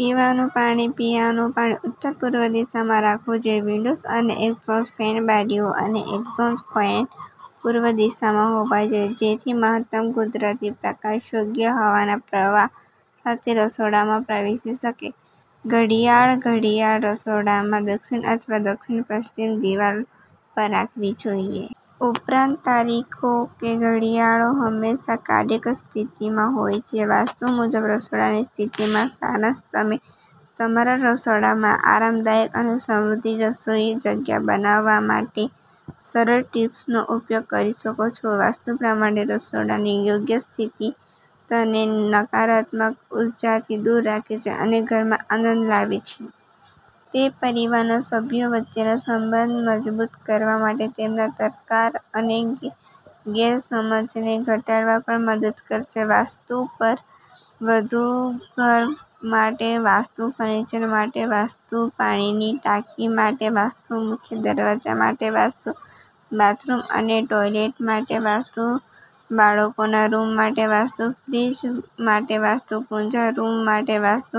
પીવાનું પાણીપીવાનું પાણી ઉત્તર પૂર્વ દિશામાં રાખવું જોઈએ. વિન્ડોઝ અને એક્ઝોસ્ટ ફેનબારીઓ અને એક્ઝોસ્ટ ફેન પૂર્વ દિશામાં હોવા જોઈએ જેથી મહત્તમ કુદરતી પ્રકાશ યોગ્ય હવાના પ્રવાહ સાથે રસોડામાં પ્રવેશી શકે. ઘડિયાળઘડિયાળ રસોડામાં દક્ષિણ અથવા દક્ષિણ પશ્ચિમની દિવાલ પર રાખવી જોઈએ. ઉપરાંત, ખાતરી કરો કે ઘડિયાળો હંમેશા કાર્યરત સ્થિતિમાં હોય છે. વાસ્તુ મુજબ રસોડાની સ્થિતિનો સારાંશ તમે તમારા રસોડામાં આરામદાયક અને સમૃદ્ધ રસોઈ જગ્યા બનાવવા માટેસરળ ટીપ્સનો ઉપયોગ કરી શકો છો. વાસ્તુ પ્રમાણે રસોડાની યોગ્ય સ્થિતિ તેને નકારાત્મક ઉર્જાથી દૂર રાખે છે અને ઘરમાં આનંદ લાવે છે. તે પરિવારના સભ્યો વચ્ચેના બંધનને મજબૂત કરવામાં, તેમના તકરાર અને ગેરસમજને ઘટાડવામાં પણ મદદ કરે છે. વાસ્તુ પર વધુ ઘર માટે વાસ્તુ ફર્નિચર માટે વાસ્તુ પાણીની ટાંકી માટે વાસ્તુ મુખ્ય દરવાજા માટે વાસ્તુ બાથરૂમ અને ટોયલેટ માટે વાસ્તુ બાળકોના રૂમ માટે વાસ્તુ ફ્રિજ માટે વાસ્તુ પૂજા રૂમ માટે વાસ્તુ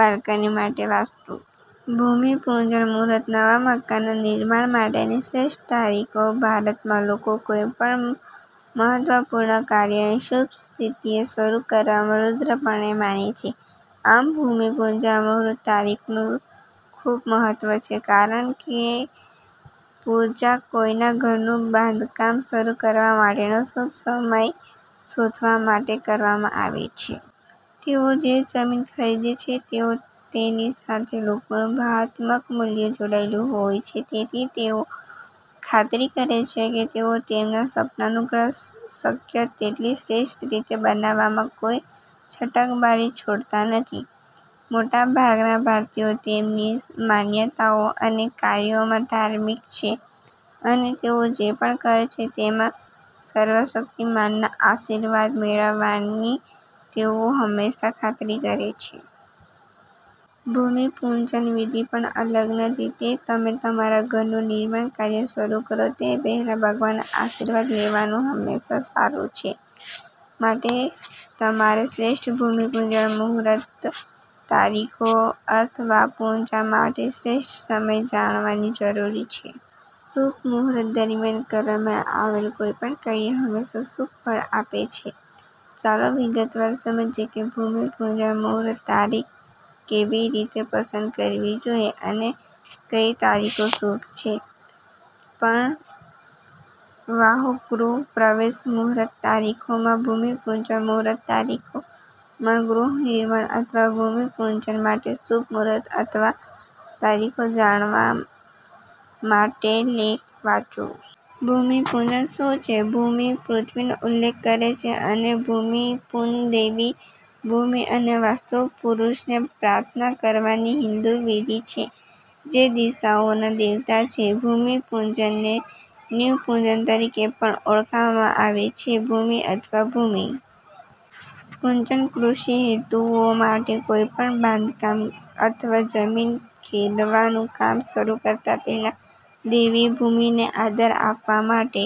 બાલ્કની માટે વાસ્તુ+.. ભૂમિ પૂજન મુહૂર્ત નવા મકાનના નિર્માણ માટેની શ્રેષ્ઠ તારીખો ભારતમાં, લોકો કોઈ પણ મહત્વપૂર્ણ કાર્યને શુભ તિથિએ શરૂ કરવામાં દ્રઢપણે માને છે. આમ, ભૂમિપૂજન મુહૂર્ત તારીખનું ખૂબ મહત્વ છે કારણ કેપૂજા કોઈના ઘરનું બાંધકામ શરૂ કરવા માટેનો શુભ સમય શોધવા માટે કરવામાં આવે છે. તેઓ જે જમીન ખરીદે છે તેની સાથે લોકોનું ભાવનાત્મક મૂલ્ય જોડાયેલું હોય છેતેથી, તેઓ ખાતરી કરે છે કે તેઓ તેમના સપનાનું ઘર શક્ય તેટલી શ્રેષ્ઠ રીતે બનાવવામાં કોઈ છટકબારી છોડતા નથી. મોટાભાગના ભારતીયો તેમની માન્યતાઓ અને કાર્યોમાં ધાર્મિક છે, અને તેઓ જે પણ કરે છે તેમાં સર્વશક્તિમાનના આશીર્વાદ મેળવવાની તેઓ હંમેશા ખાતરી કરે છે. ભૂમિપૂજન વિધિ પણ અલગ નથી. તેથી, તમે તમારા ઘરનું નિર્માણ કાર્ય શરૂ કરો તે પહેલાં, ભગવાનના આશીર્વાદ લેવાનું હંમેશા સારું છે. માટે, તમારે શ્રેષ્ઠ ભૂમિ પૂજન મુહૂર્ત તારીખો અથવાપૂજા માટે શ્રેષ્ઠ સમય જાણવાની જરૂર છે. શુભ મુહૂર્ત દરમિયાન કરવામાં આવેલ કોઈપણ કાર્ય હંમેશા શુભ ફળ આપે છે. ચાલો વિગતવાર સમજીએ કે ભૂમિ પૂજન મુહૂર્ત તારીખ કેવી રીતે પસંદ કરવી જોઈએ અને કઈ તારીખો શુભ છે. પણ વાંચોગૃહ પ્રવેશ મુહૂર્ત તારીખો માં ભૂમિ પૂજન મુહૂર્ત તારીખો માં ગૃહ નિર્માણ અથવા ભૂમિપૂજન માટે શુભ મુહૂર્ત અથવા તારીખો જાણવા માટેલેખ વાંચો. ભૂમિપૂજન શું છે? ભૂમિપૃથ્વીનો ઉલ્લેખ કરે છે, અને ભૂમિપૂજનદેવી ભૂમિ અને વાસ્તુ પુરૂષને પ્રાર્થના કરવાની હિંદુ વિધિ છે, જે દિશાઓના દેવતા છે. ભૂમિપૂજનને નીવ પૂજન તરીકે પણ ઓળખવામાં આવે છે. ભૂમિ અથવા ભૂમિ પૂજન કૃષિ હેતુઓ માટે કોઈપણ બાંધકામ અથવા જમીન ખેડવાનું કામ શરૂ કરતા પહેલા દેવી ભૂમિને આદર આપવા માટે